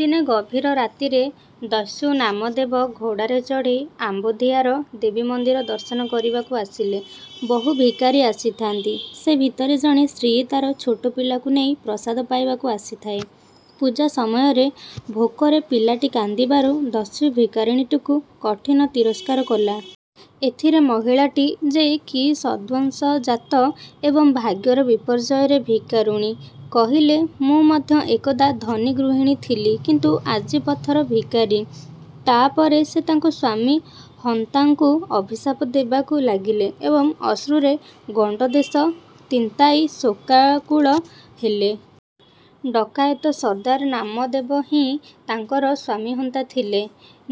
ଦିନେ ଗଭୀର ରାତିରେ ଦସ୍ୟୁ ନାମଦେବ ଘୋଡ଼ାରେ ଚଢ଼ି ଅମ୍ବୋଧିଆର ଦେବୀମନ୍ଦିର ଦର୍ଶନ କରିବାକୁ ଆସିଲେ। ବହୁ ଭିକାରୀ ଆସିଥାନ୍ତି। ସେ ଭିତରେ ଜଣେ ସ୍ତ୍ରୀ ତାର ଛୋଟ ପିଲାକୁ ନେଇ ପ୍ରସାଦ ପାଇବାକୁ ଆସିଥାଏ। ପୂଜା ସମୟରେ ଭୋକରେ ପିଲାଟି କାନ୍ଦିବାରୁ ଦସ୍ୟୁ ଭିକାରୁଣୀଟିକୁ କଠିନ ତିରସ୍କାର କଲା। ଏଥିରେ ମହିଳାଟି, ଯେ କି ସଦ୍ବଂଶଜାତ ଏବଂ ଭାଗ୍ୟର ବିପର୍ଯ୍ୟୟରେ ଭିକାରୁଣୀ, କହିଲେ, ''ମୁଁ ମଧ୍ୟ ଏକଦା ଧନୀର ଗୃହିଣୀ ଥିଲି କିନ୍ତୁ ଆଜି ପଥର ଭିକାରୀ। '' ତା'ପରେ ସେ ତାଙ୍କ ସ୍ୱାମିହନ୍ତାଙ୍କୁ ଅଭିଶାପ ଦେବାକୁ ଲାଗିଲେ ଏବଂ ଅଶ୍ରୁରେ ଗଣ୍ଡଦେଶ ତିନ୍ତାଇ ଶୋକାକୁଳ ହେଲେ। ଡକାଏତ ସର୍ଦ୍ଦାର ନାମଦେବ ହିଁ ତାଙ୍କର ସ୍ୱାମିହନ୍ତା ଥିଲେ।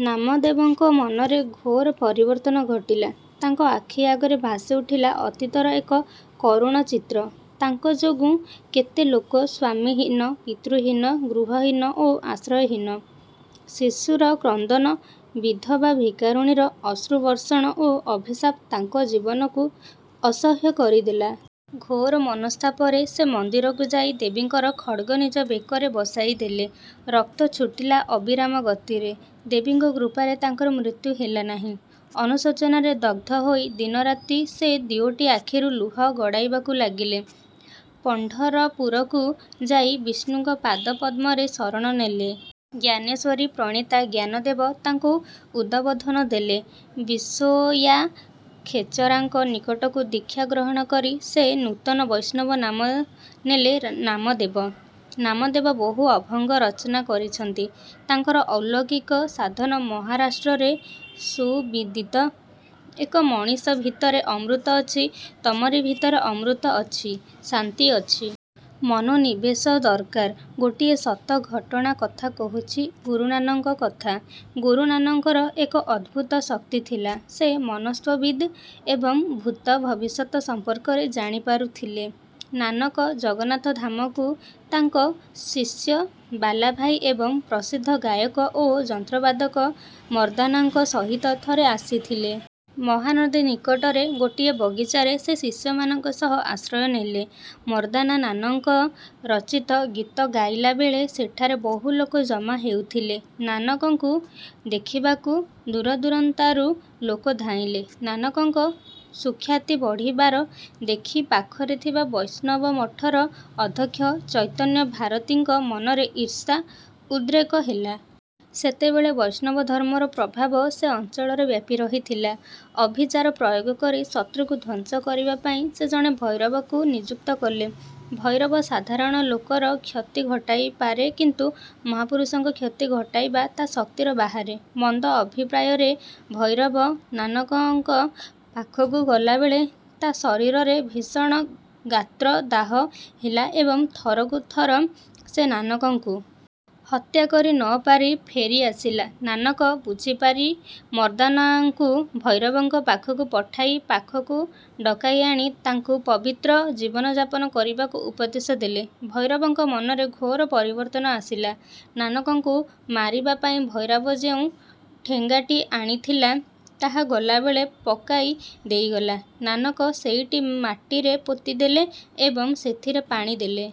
ନାମଦେବଙ୍କ ମନରେ ଘୋର ପରିବର୍ତ୍ତନ ଘଟିଲା। ତାଙ୍କ ଆଖି ଆଗରେ ଭାସିଉଠିଲା ଅତୀତର ଏକ କରୁଣ ଚିତ୍ର। ତାଙ୍କ ଯୋଗୁ କେତେ ଲୋକ ସ୍ୱାମିହୀନ, ପିତୃହୀନ, ଗୃହହୀନ ଓ ଆଶ୍ରୟହୀନ! ଶିଶୁର କ୍ରନ୍ଦନ, ବିଧବା ଭିକାରୁଣୀର ଅଶ୍ରୁବର୍ଷଣ ଓ ଅଭିଶାପ ତାଙ୍କ ଜୀବନକୁ ଅସହ୍ୟ କରିଦେଲା। ଘୋର ମନସ୍ତାପରେ ସେ ମନ୍ଦିରକୁ ଯାଇ ଦେବୀଙ୍କର ଖଡ୍ଗ ନିଜ ବେକରେ ବସାଇଦେଲେ। ରକ୍ତ ଛୁଟିଲା ଅବିରାମ ଗତିରେ। ଦେବୀଙ୍କ କୃପାରେ ତାଙ୍କର ମୃତ୍ୟୁ ହେଲା ନାହିଁ। ଅନୁଶୋଚନାରେ ଦଗ୍ଧ ହୋଇ ଦିନରାତି ସେ ଦିଓଟି ଆଖିରୁ ଲୁହ ଗଡ଼ାଇବାକୁ ଲାଗିଲେ। ପଣ୍ଢରପୁରକୁ ଯାଇ ବିଷ୍ଣୁଙ୍କ ପାଦପଦ୍ମରେ ଶରଣ ନେଲେ। ଜ୍ଞାନେଶ୍ୱରୀ-ପ୍ରଣେତା ଜ୍ଞାନଦେବ ତାଙ୍କୁ ଉଦବୋଧନ ଦେଲେ। ବିଶୋୟା ଖେଚରାଙ୍କ ନିକଟରୁ ଦୀକ୍ଷା ଗ୍ରହଣ କରି ସେ ନୂତନ ବୈଷ୍ଣବ ନାମ ନେଲେ ନାମଦେବ। ନାମଦେବ ବହୁ ଅଭଙ୍ଗ ରଚନା କରିଛନ୍ତି। ତାଙ୍କର ଅଲୌକିକ ସାଧନା ମହାରାଷ୍ଟ୍ରରେ ସୁବିଦିତ। ଏଇ ମଣିଷ ଭିତରେ ଅମୃତ ଅଛି ତମରି ଭିତରେ ଅମୃତ ଅଛି, ଶାନ୍ତି ଅଛି। ମନୋନିବେଶ ଦରକାର। ଗୋଟିଏ ସତ ଘଟଣା କଥା କହୁଛି ଗୁରୁ ନାନକଙ୍କ କଥା। ଗୁରୁ ନାନକଙ୍କର ଏକ ଅଦ୍ଭୁତ ଶକ୍ତି ଥିଲା। ସେ ମନସ୍ତତ୍ତ୍ୱବିଦ୍ ଏବଂ ଭୂତ-ଭବିଷ୍ୟତ ସମ୍ପର୍କରେ ଜାଣି ପାରୁଥିଲେ। ନାନକ ଜଗନ୍ନାଥ ଧାମକୁ ତାଙ୍କ ଶିଷ୍ୟ ବାଲାଭାଇ ଏବଂ ପ୍ରସିଦ୍ଧ ଗାୟକ ଓ ଯନ୍ତ୍ରବାଦକ ମର୍ଦ୍ଦାନାଙ୍କ ସହିତ ଥରେ ଆସିଥିଲେ। ମହାନଦୀ ନିକଟରେ ଗୋଟିଏ ବଗିଚାରେ ସେ ଶିଷ୍ୟମାନଙ୍କ ସହ ଆଶ୍ରୟ ନେଲେ। ମର୍ଦ୍ଦାନା ନାନକଙ୍କ ରଚିତ ଗୀତ ଗାଇଲାବେଳେ ସେଠାରେ ବହୁଲୋକ ଜମା ହେଉଥିଲେ। ନାନକଙ୍କୁ ଦେଖିବାକୁ ଦୂରଦୂରାନ୍ତରୁ ଲୋକ ଧାଇଁଲେ। ନାନକଙ୍କ ସୁଖ୍ୟାତି ବଢ଼ିବାର ଦେଖି ପାଖରେ ଥିବା ବୈଷ୍ଣବମଠର ଅଧ୍ୟକ୍ଷ ଚୈତନ୍ୟଭାରତୀଙ୍କ ମନରେ ଈର୍ଷା-ଉଦ୍ରେକ ହେଲା। ସେତେବେଳେ ବୈଷ୍ଣବ ଧର୍ମର ପ୍ରଭାବ ସେ ଅଞ୍ଚଳରେ ବ୍ୟାପି ରହିଥିଲା-। ଅଭିଚାର ପ୍ରୟୋଗ କରି ଶତ୍ରୁକୁ ଧ୍ୱଂସ କରିବାପାଇଁ ସେ ଜଣେ ଭୈରବକୁ ନିଯୁକ୍ତ କଲେ। ଭୈରବ ସାଧାରଣ ଲୋକର କ୍ଷତି ଘଟାଇପାରେ କିନ୍ତୁ ମହାପୁରୁଷଙ୍କର କ୍ଷତି ଘଟାଇବା ତା' ଶକ୍ତିର ବାହାରେ। ମନ୍ଦ ଅଭିପ୍ରାୟରେ ଭୈରବ ନାନକଙ୍କ ପାଖକୁ ଗଲାବେଳେ ତା' ଶରୀରରେ ଭୀଷଣ ଗାତ୍ରଦାହ ହେଲା ଏବଂ ଥରକୁ ଥର ସେ ନାନକଙ୍କୁ। ହତ୍ୟା କରି ନପାରି ଫେରି ଆସିଲା। ନାନକ ବୁଝିପାରି ମର୍ଦ୍ଦାନାଙ୍କୁ ଭୈରବଙ୍କ ପାଖକୁ ପଠାଇ ପାଖକୁ ଡକାଇ ଆଣି ତାଙ୍କୁ ପବିତ୍ର ଜୀବନ ଯାପନ କରିବାକୁ ଉପଦେଶ ଦେଲେ। ଭୈରବଙ୍କ ମନରେ ଘୋର ପରିବର୍ତ୍ତନ ଆସିଲା। ନାନକଙ୍କୁ ମାରିବା ପାଇଁ ଭୈରବ ଯେଉଁ ଠେଙ୍ଗାଟି ଆଣିଥିଲା, ତାହା ଗଲାବେଳେ ପକାଇ ଦେଇଗଲା। ନାନକ ସେଇଟି ମାଟିରେ ପୋତି ଦେଲେ ଏବଂ ସେଥିରେ ପାଣି ଦେଲେ।